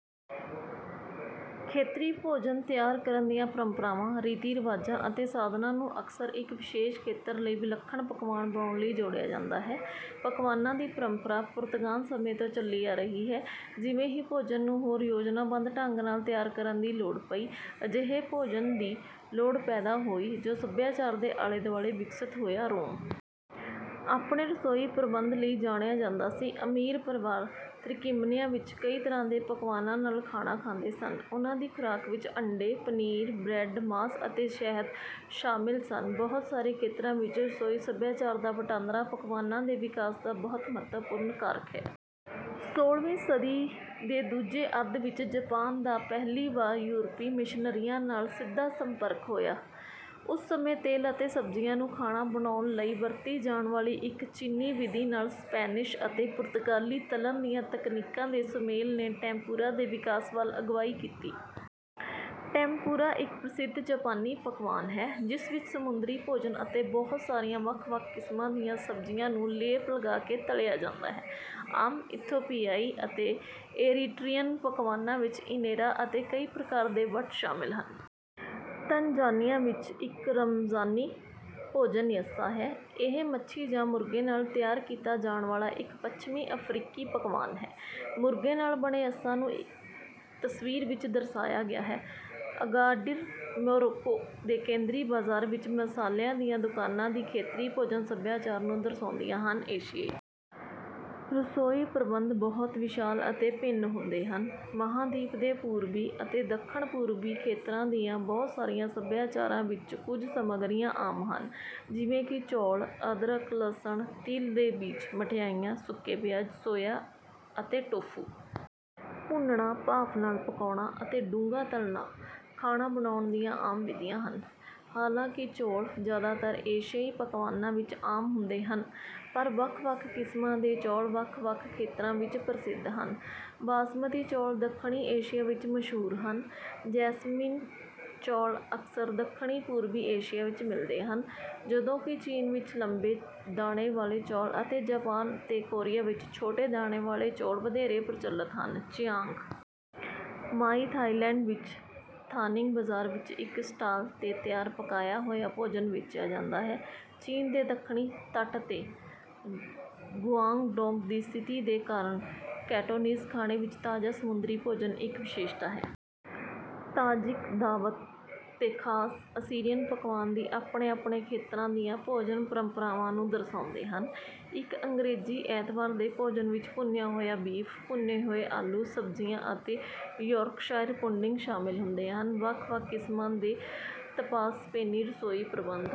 ਖੇਤਰੀ ਭੋਜਨ ਤਿਆਰ ਕਰਨ ਦੀਆਂ ਪਰੰਪਰਾਵਾਂ, ਰੀਤੀ-ਰਿਵਾਜਾਂ ਅਤੇ ਸਾਧਨਾਂ ਨੂੰ ਅਕਸਰ ਇੱਕ ਵਿਸ਼ੇਸ਼ ਖੇਤਰ ਲਈ ਵਿਲੱਖਣ ਪਕਵਾਨ ਬਣਾਉਣ ਲਈ ਜੋੜਿਆ ਜਾਂਦਾ ਹੈ। ਪਕਵਾਨਾਂ ਦੀ ਪਰੰਪਰਾ ਪੁਰਾਤਨ ਸਮੇਂ ਤੋਂ ਚੱਲੀ ਆ ਰਹੀ ਹੈ। ਜਿਵੇਂ ਹੀ ਭੋਜਨ ਨੂੰ ਹੋਰ ਯੋਜਨਾਬੱਧ ਢੰਗ ਨਾਲ ਤਿਆਰ ਕਰਨ ਦੀ ਲੋੜ ਪਈ, ਅਜਿਹੇ ਭੋਜਨ ਦੀ ਲੋੜ ਪੈਦਾ ਹੋਈ ਜੋ ਸੱਭਿਆਚਾਰ ਦੇ ਆਲੇ-ਦੁਆਲੇ ਵਿਕਸਤ ਹੋਇਆ। ਰੋਮ ਆਪਣੇ ਰਸੋਈ ਪ੍ਰਬੰਧ ਲਈ ਜਾਣਿਆ ਜਾਂਦਾ ਸੀ। ਅਮੀਰ ਪਰਿਵਾਰ ਤਿਰਕਿਨਿਅਮ ਵਿੱਚ ਕਈ ਤਰ੍ਹਾਂ ਦੇ ਪਕਵਾਨਾਂ ਨਾਲ ਖਾਣਾ ਖਾਂਦੇ ਸਨ। ਉਨ੍ਹਾਂ ਦੀ ਖੁਰਾਕ ਵਿੱਚ ਅੰਡੇ, ਪਨੀਰ, ਬਰੈੱਡ, ਮਾਸ ਅਤੇ ਸ਼ਹਿਦ ਸ਼ਾਮਲ ਸਨ। ਬਹੁਤ ਸਾਰੇ ਖੇਤਰਾਂ ਵਿੱਚ ਰਸੋਈ ਸੱਭਿਆਚਾਰ ਦਾ ਵਟਾਂਦਰਾ ਪਕਵਾਨਾਂ ਦੇ ਵਿਕਾਸ ਦਾ ਇੱਕ ਮਹੱਤਵਪੂਰਨ ਕਾਰਕ ਹੈ। ਸੋਲ੍ਹਵੀਂ ਸਦੀ ਦੇ ਦੂਜੇ ਅੱਧ ਵਿੱਚ ਜਾਪਾਨ ਦਾ ਪਹਿਲੀ ਵਾਰ ਯੂਰਪੀ ਮਿਸ਼ਨਰੀਆਂ ਨਾਲ ਸਿੱਧਾ ਸੰਪਰਕ ਹੋਇਆ। ਉਸ ਸਮੇਂ ਤੇਲ ਅਤੇ ਸਬਜ਼ੀਆਂ ਨੂੰ ਖਾਣਾ ਬਣਾਉਣ ਲਈ ਵਰਤੀ ਜਾਣ ਵਾਲੀ ਇੱਕ ਚੀਨੀ ਵਿਧੀ ਨਾਲ ਸਪੈਨਿਸ਼ ਅਤੇ ਪੁਰਤਗਾਲੀ ਤਲ਼ਣ ਦੀਆਂ ਤਕਨੀਕਾਂ ਦੇ ਸੁਮੇਲ ਨੇ ਟੈਂਮਪੂਰਾ ਦੇ ਵਿਕਾਸ ਵੱਲ ਅਗਵਾਈ ਕੀਤੀ। ਟੈਂਮਪੂਰਾ ਇੱਕ ਪ੍ਰਸਿੱਧ ਜਾਪਾਨੀ ਪਕਵਾਨ ਹੈ, ਜਿਸ ਵਿੱਚ ਸਮੁੰਦਰੀ ਭੋਜਨ ਅਤੇ ਬਹੁਤ ਸਾਰੀਆਂ ਵੱਖ-ਵੱਖ ਕਿਸਮਾਂ ਦੀਆਂ ਸਬਜ਼ੀਆਂ ਨੂੰ ਲੇਪ ਲਗਾ ਕੇ ਤਲਿਆ ਜਾਂਦਾ ਹੈ। ਆਮ ਇਥੋਪੀਆਈ ਅਤੇ ਏਰੀਟ੍ਰੀਅਨ ਪਕਵਾਨਾਂ ਵਿੱਚ ਇਨੇਰਾ ਅਤੇ ਕਈ ਪ੍ਰਕਾਰ ਦੇ ਵੱਟ ਸ਼ਾਮਲ ਹਨ। ਤਨਜ਼ਾਨੀਆ ਵਿੱਚ ਇੱਕ ਰਮਜ਼ਾਨੀ ਭੋਜਨ ‘ਯੱਸਾ’ ਹੈ। ਇਹ ਮੱਛੀ ਜਾਂ ਮੁਰਗੇ ਨਾਲ ਤਿਆਰ ਕੀਤਾ ਜਾਣ ਵਾਲਾ ਇੱਕ ਪੱਛਮੀ ਅਫ਼ਰੀਕੀ ਪਕਵਾਨ ਹੈ। ਮੁਰਗੇ ਨਾਲ ਬਣੇ ਯੱਸਾ ਨੂੰ ਤਸਵੀਰ ਵਿੱਚ ਦਰਸਾਇਆ ਗਿਆ ਹੈ। ਅਗਾਡਿਰ, ਮੋਰੋਕੋ ਦੇ ਕੇਂਦਰੀ ਬਾਜ਼ਾਰ ਵਿੱਚ ਮਸਾਲਿਆਂ ਦੀਆਂ ਦੁਕਾਨਾਂ ਵੀ ਖੇਤਰੀ ਭੋਜਨ-ਸੱਭਿਆਚਾਰ ਨੂੰ ਦਰਸਾਉਂਦੀਆਂ ਹਨ। ਏਸ਼ੀਆਈ ਰਸੋਈ ਪ੍ਰਬੰਧ ਬਹੁਤ ਵਿਸ਼ਾਲ ਅਤੇ ਭਿੰਨ ਹੁੰਦੇ ਹਨ। ਮਹਾਂਦੀਪ ਦੇ ਪੂਰਬੀ ਅਤੇ ਦੱਖਣ-ਪੂਰਬੀ ਖੇਤਰਾਂ ਦੀਆਂ ਬਹੁਤ ਸਾਰੀਆਂ ਸੱਭਿਆਚਾਰਾਂ ਵਿੱਚ ਕੁਝ ਸਮੱਗਰੀਆਂ ਆਮ ਹਨ, ਜਿਵੇਂ ਕਿ ਚੌਲ, ਅਦਰਕ, ਲਸਣ, ਤਿਲ ਦੇ ਬੀਜ, ਮਿਠਾਈਆਂ, ਸੁੱਕੇ ਪਿਆਜ਼, ਸੋਇਆ ਅਤੇ ਟੋਫੂ। ਭੁੰਨਣਾ, ਭਾਫ਼ ਨਾਲ ਪਕਾਉਣਾ ਅਤੇ ਡੂੰਘਾ ਤਲ਼ਣਾ ਖਾਣਾ ਪਕਾਉਣ ਦੀਆਂ ਆਮ ਵਿਧੀਆਂ ਹਨ। ਹਾਲਾਂਕਿ ਚੌਲ ਜ਼ਿਆਦਾਤਰ ਏਸ਼ੀਆਈ ਪਕਵਾਨਾਂ ਵਿੱਚ ਆਮ ਹੁੰਦੇ ਹਨ, ਪਰ ਵੱਖ-ਵੱਖ ਕਿਸਮਾਂ ਦੇ ਚੌਲ ਵੱਖ-ਵੱਖ ਖੇਤਰਾਂ ਵਿੱਚ ਪ੍ਰਸਿੱਧ ਹਨ। ਬਾਸਮਤੀ ਚੌਲ ਦੱਖਣੀ ਏਸ਼ੀਆ ਵਿੱਚ ਮਸ਼ਹੂਰ ਹਨ, ਜੈਸਮੀਨ ਚੌਲ ਅਕਸਰ ਦੱਖਣ-ਪੂਰਬੀ ਏਸ਼ੀਆ ਵਿੱਚ ਮਿਲਦੇ ਹਨ, ਜਦੋਂਕਿ ਚੀਨ ਵਿੱਚ ਲੰਬੇ ਦਾਣੇ ਵਾਲੇ ਚੌਲ ਅਤੇ ਜਾਪਾਨ ਤੇ ਕੋਰੀਆ ਵਿੱਚ ਛੋਟੇ ਦਾਣੇ ਵਾਲੇ ਚੌਲ ਵਧੇਰੇ ਪ੍ਰਚਲਿਤ ਹਨ। ਚਿਆਂਗ ਮਾਈ, ਥਾਈਲੈਂਡ ਵਿੱਚ ਥਾਨਿੰਗ ਬਾਜ਼ਾਰ ਵਿੱਚ ਇੱਕ ਸਟਾਲ ’ਤੇ ਤਿਆਰ ਪਕਾਇਆ ਹੋਇਆ ਭੋਜਨ ਵੇਚਿਆ ਜਾਂਦਾ ਹੈ। ਚੀਨ ਦੇ ਦੱਖਣੀ ਤੱਟ ’ਤੇ ਗੁਆਂਗਡੋਂਗ ਦੀ ਸਥਿਤੀ ਦੇ ਕਾਰਨ, ਕੈਂਟੋਨੀਜ਼ ਖਾਣੇ ਵਿੱਚ ਤਾਜ਼ਾ ਸਮੁੰਦਰੀ ਭੋਜਨ ਇੱਕ ਵਿਸ਼ੇਸ਼ਤਾ ਹੈ। ਤਾਜਿਕ ਦਾਵਤ ਅਤੇ ਖਾਸ ਅਸੀਰੀਅਨ ਪਕਵਾਨ ਵੀ ਆਪਣੇ-ਆਪਣੇ ਖੇਤਰਾਂ ਦੀਆਂ ਭੋਜਨ ਪਰੰਪਰਾਵਾਂ ਨੂੰ ਦਰਸਾਉਂਦੇ ਹਨ। ਇੱਕ ਅੰਗਰੇਜ਼ੀ ਐਤਵਾਰ ਦੇ ਭੋਜਨ ਵਿੱਚ ਭੁੰਨਿਆ ਹੋਇਆ ਬੀਫ, ਭੁੰਨੇ ਹੋਏ ਆਲੂ, ਸਬਜ਼ੀਆਂ ਅਤੇ ਯੌਰਕਸ਼ਾਇਰ ਪੁਡਿੰਗ ਸ਼ਾਮਲ ਹੁੰਦੇ ਹਨ। ਵੱਖ-ਵੱਖ ਕਿਸਮਾਂ ਦੇ ਤਪਾਸ ਸਪੇਨੀ ਰਸੋਈ ਪ੍ਰਬੰਧ